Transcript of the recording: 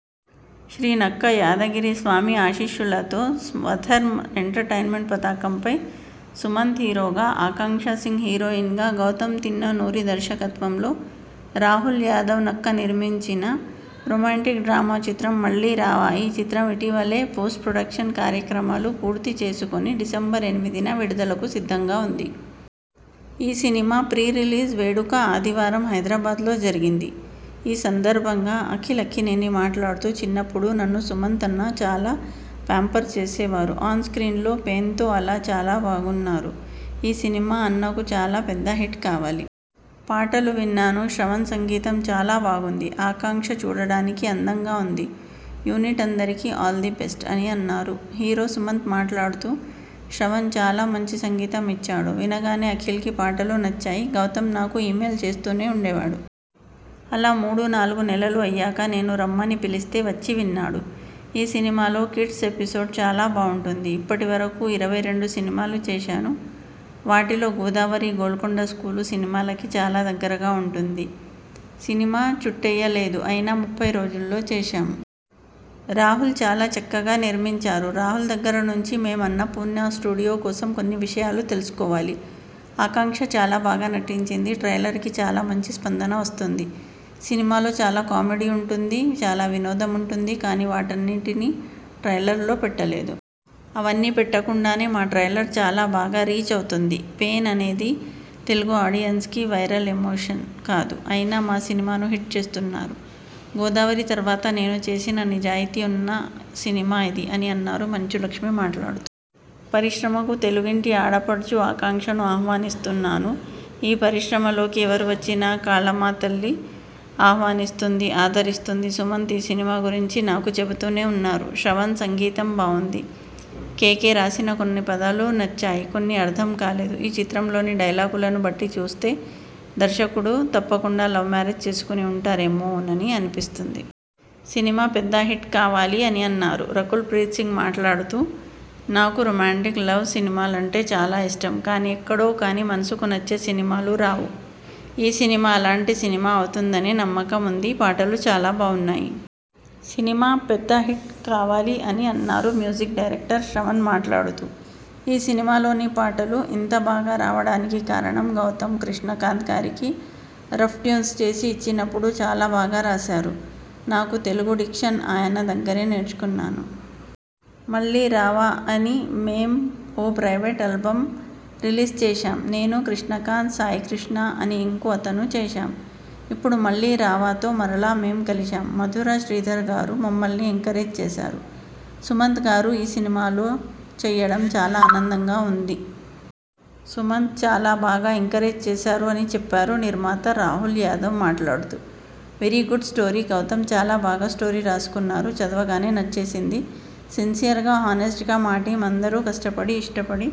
శ్రీ నక్క యాదగిరి స్వామి ఆశీస్సులతో స్వధర్మ్ ఎంటర్టైన్మెంట్ పతాకంపై సుమంత్ హీరోగా, ఆకాంక్ష సింగ్ హీరోయిన్గా, గౌతమ్ తిన్ననూరి దర్శకత్వంలో రాహుల్ యాదవ్ నక్క నిర్మించిన రొమాంటిక్ డ్రామా చిత్రం 'మళ్లీ రావా'. ఈ చిత్రం ఇటీవలే పోస్ట్ ప్రొడక్షన్ కార్యక్రమాలు పూర్తి చేసుకుని డిసెంబర్ ఎనిమిదిన విడుదలకు సిద్ధంగా ఉంది. ఈ సినిమా ప్రీ రిలీజ్ వేడుక ఆదివారం హైదరాబాద్‌లో జరిగింది. ఈ సందర్భంగా అఖిల్ అక్కినేని మాట్లాడుతూ.. ''చిన్నప్పుడు నన్ను సుమంత్ అన్న చాలా పాంపర్ చేసేవారు. ఆన్ స్క్రీన్‌లో పెయిన్తో ఆయన చాలా బాగున్నారు. ఈ సినిమా అన్నకు చాలా పెద్ద హిట్ కావాలి. పాటలు విన్నాను. శ్రవణ్ సంగీతం చాలా బాగుంది. ఆకాంక్ష చూడడానికి అందంగా ఉంది. యూనిట్ అందరికీ ఆల్ ద బెస్ట్.. '' అని అన్నారు. హీరో సుమంత్ మాట్లాడుతూ ''శ్రవణ్ చాలా మంచి సంగీతం ఇచ్చాడు. వినగానే అఖిల్‌కి పాటలు నచ్చాయి. గౌతమ్ నాకు ఈమెయిల్ చేస్తూనే ఉండేవాడు. అలా మూడు నాలుగు నెలలు అయ్యాక నేను రమ్మని పిలిస్తే వచ్చి విన్నాడు. ఈ సినిమాలో కిడ్స్ ఎపిసోడ్ చాలా బావుంటుంది. ఇప్పటి వరకు ఇరవై రెండు సినిమాలు చేశాను. వాటిలో గోదావరి, గోల్కొండ స్కూలు సినిమాలకి చాలా దగ్గరగా ఉంటుంది. సినిమా చుట్టేయలేదు. అయినా ముప్పై రోజుల్లో చేశాం. రాహుల్ చాలా చక్కగా నిర్మించారు. రాహుల్ దగ్గర నుంచి మేం అన్నపూర్ణ స్టూడియో కోసం కొన్ని విషయాలు తెలుసుకోవాలి. ఆకాంక్ష చాలా బాగా నటించింది. ట్రైలర్‌కి చాలా మంచి స్పందన వస్తోంది. సినిమాలో చాలా కామెడీ ఉంటుంది, చాలా వినోదం ఉంటుంది. కానీ వాటన్నిటినీ ట్రైలర్‌లో పెట్టలేదు. అవన్నీ పెట్టకుండానే మా ట్రైలర్ చాలా బాగా రీచ్ అవుతోంది. పెయిన్ అనేది తెలుగు ఆడియన్స్‌కి వైరల్ ఎమోషన్ కాదు. అయినా మా సినిమాను హిట్ చేస్తున్నారు. గోదావరి తర్వాత నేను చేసిన నిజాయితీ ఉన్న సినిమా ఇది'' అని అన్నారు. మంచు లక్ష్మి మాట్లాడుతూ.. ''పరిశ్రమకు తెలుగింటి ఆడపడుచు ఆకాంక్షను ఆహ్వానిస్తున్నాను. ఈ పరిశ్రమలోకి ఎవరు వచ్చినా కళామతల్లి ఆహ్వానిస్తుంది. ఆదరిస్తుంది. సుమంత్ ఈ సినిమా గురించి నాకు చెబుతూనే ఉన్నారు. శ్రవణ్ సంగీతం బావుంది. కె. కె. రాసిన కొన్ని పదాలు నచ్చాయి. కొన్ని అర్థం కాలేదు. ఈ చిత్రంలోని డైలాగులను బట్టి చూస్తే దర్శకుడు తప్పకుండా లవ్ మ్యారేజ్ చేసుకుని ఉంటారేమోనని అనిపిస్తోంది. సినిమా పెద్ద హిట్ కావాలి'' అని అన్నారు. రకుల్ ప్రీత్ సింగ్ మాట్లాడుతూ.. ''నాకు రొమాంటిక్, లవ్ సినిమాలంటే చాలా ఇష్టం. కానీ ఎక్కడో కానీ మనసుకు నచ్చే సినిమాలు రావు. ఈ సినిమా అలాంటి సినిమా అవుతుందనే నమ్మకం ఉంది. పాటలు చాలా బావున్నాయి. సినిమా పెద్ద హిట్ కావాలి.. '' అని అన్నారు. మ్యూజిక్ డైరెక్టర్ శ్రవణ్ మాట్లాడుతూ.. ''ఈ సినిమాలోని పాటలు ఇంత బాగా రావడానికి కారణం గౌతమ్. కృష్ణకాంత్ గారికి రఫ్ ట్యూన్స్ చేసి ఇచ్చినప్పుడు చాలా బాగా రాశారు. నాకు తెలుగు డిక్షన్ ఆయన దగ్గరే నేర్చుకున్నాను. 'మళ్లీ రావా' అని మేం ఓ ప్రైవేట్ ఆల్బమ్ రిలీజ్ చేశాం. నేను, కృష్ణకాంత్, సాయికృష్ణ, అని ఇంకో అతను చేశాం. ఇప్పుడు 'మళ్లీ రావా'తో మరలా మేం కలిశాం. మధుర శ్రీధర్ గారు మమ్మల్ని ఎంకరేజ్ చేశారు. సుమంత్ గారు ఈ సినిమాలో చేయడం చాలా ఆనందంగా ఉంది. సుమంత్ చాలా బాగా ఎంకరేజ్ చేశారు'' అని చెప్పారు. నిర్మాత రాహుల్ యాదవ్ మాట్లాడుతూ.. ''వెరీ గుడ్ స్టోరీ. గౌతమ్ చాలా బాగా స్టోరీ రాసుకున్నారు. చదవగానే నచ్చేసింది. సిన్సియర్‌గా, హానెస్ట్‌గా, మా టీమ్ అందరూ కష్టపడి ఇష్టపడి